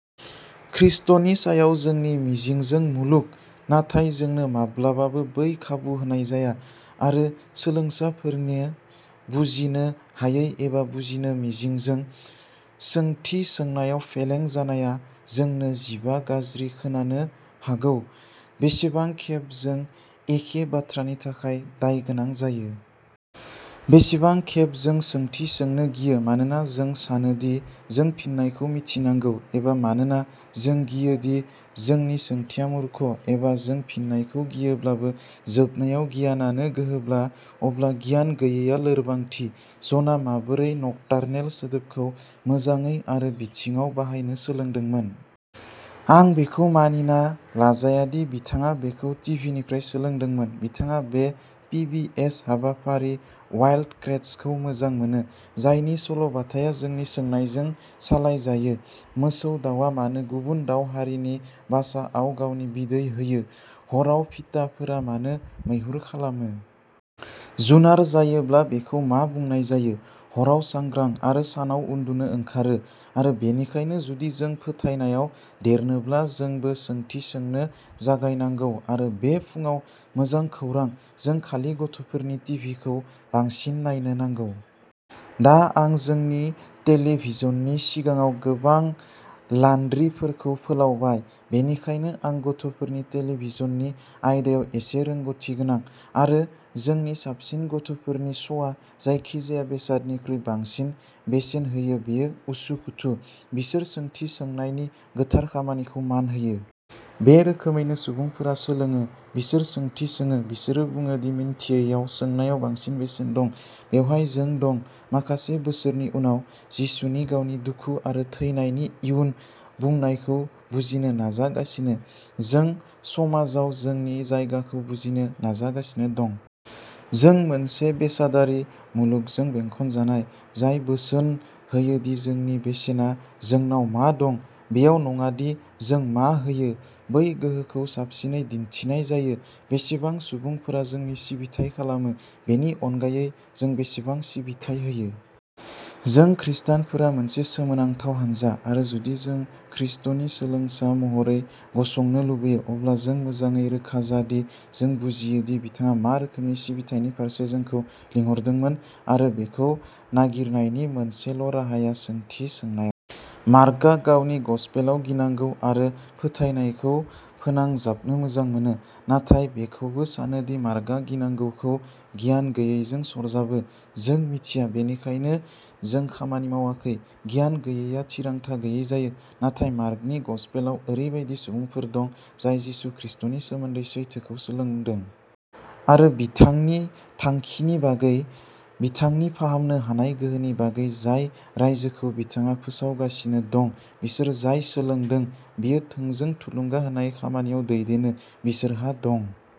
ख्रीष्टनि सायाव जोंनि मिजिंजों मुलुग। नाथाय जोंनो माब्लाबाबो बै खाबु होनाय जाया। आरो सोलोंसाफोरनि बुजिनो हायै एबा बुजिनो मिजिंजों सोंथि सोंनायाव फेलें जानाया जोंनो जिबा गाज्रि खोनानो हागौ, बेसेबां खेब जों एखे बाथ्रानि थाखाय दायगोनां जायो? बेसेबां खेब जों सोंथि सोंनो गियो मानोना जों सानो दि जों फिननायखौ मिथिनांगौ, एबा मानोना जों गियो दि जोंनि सोंथिया मूर्ख, एबा जों फिननायखौ गियोब्लाबो? जोबनायाव, गियानानो गोहोब्ला, अब्ला गियान गैयैआ लोरबांथि। जनआ माबोरै "नक्टार्नेल" सोदोबखौ मोजाङै आरो बिथिङाव बाहायनो सोलोंदोंमोन? आं बेखौ मानिनो लाजाया दि बिथाङा बेखौ टिभिनिफ्राय सोलोंदोंमोन। बिथाङा बे पिबिएस हाबाफारि वाइल्ड क्रेट्सखौ मोजां मोनो, जायनि सल'बाथाया सोंथि सोंनायजों सालायजायो। मोसौ दाउआ मानो गुबुन दाउ हारिनि बासाआव गावनि बिदै होयो? हराव फिटाफोरा मानो मैहुर खालामो? जुनार जायोब्ला बेखौ मा बुंनाय जायो? हराव सांग्रां आरो सानाव उन्दुनो ओंखारो? आरो बेनिखायनो, जुदि जों फोथायनायाव देरनोब्ला, जोंबो सोंथि सोंनो जागायनांगौ। आरो बे फुंआव मोजां खौरांः जों खालि गथ'फोरनि टिभिखौ बांसिन नायनो नांगौ। दा, आं जोंनि टेलिभिजननि सिगाङाव गोबां लान्ड्रिफोरखौ फोलावबाय, बेनिखायनो आं गथ'फोरनि टेलिभिजननि आयदायाव एसे रोंग'थिगोनां, आरो जोंनि साबसिन गथ'फोरनि श'आ जायखि-जाया बेसादनिख्रुइ बांसिन बेसेन होयो बेयो उसुखुथु। बिसोर सोंथि सोंनायनि गोथार खामानिखौ मान होयो। बे रोखोमैनो सुबुंफोरा सोलोङोः बिसोर सोंथि सोङो। बिसोरो बुङो दि मिन्थियैयाव सोंनायाव बांसिन बेसेन दं। बेवहाय जों दं, माखासे बोसोरनि उनाव। जिसुनि गावनि दुखु आरो थैनायनि इयुन बुंनायखौ बुजिनो नाजागासिनो। जों समाजाव जोंनि जायगाखौ बुजिनो नाजागासिनो दं। जों मोनसे बेसादारि मुलुगजों बेंखनजानाय। जाय बोसोन होयो दि जोंनि बेसेना जोंनाव मा दं, बेयाव नङा दि जों मा होयो। बै गोहोखौ साबसिनै दिन्थिनाय जायो बेसेबां सुबुंफोरा जोंनि सिबिथाइ खालामो, बेनि अनगायै जों बेसेबां सिबिथाइ होयो। जों खृष्टानफोरा मोनसे सोमोनांथाव हान्जा, आरो जुदि जों खृष्टनि सोलोंसा महरै गसंनो लुबैयो, अब्ला जों मोजाङै रोखा जा दि जों बुजियोदि बिथाङा मा रोखोमनि सिबिथायनि फारसे जोंखौ लिंहरदोंमोन। आरो बेखौ नागिरनायनि मोनसेल'राहाया सोंथि सोंनायाव। मार्कआ गावनि गसपेलाव गिनांगौ आरो फोथायनायखौ फोनांजाबनो मोजां मोनो। नाथाय बेखौबो सानो दि मार्कआ गिनांगौखौ गियान गैयैजों सरजाबो। जों मिथिया, बेनिखायनो जों खामानि मावाखै। गियान गैयैआ थिरांथा गैयै जायो। नाथाय, मार्कनि गसपेलाव ओरैबायदि सुबुंफोर दं जाय जिसु खृष्टनि सोमोन्दै सैथोखौ सोलोंदों। आरो बिथांनि थांखिनि बागै, बिथांनि फाहामनो हानाय गोहोनि बागै, जाय रायजोखौ बिथाङा फोसावगासिनो दं, बिसोर जाय सोलोंदों, बेयो थोंजों थुलुंगा होनाय खामानियाव दैदेनो। बिसोरहा दं।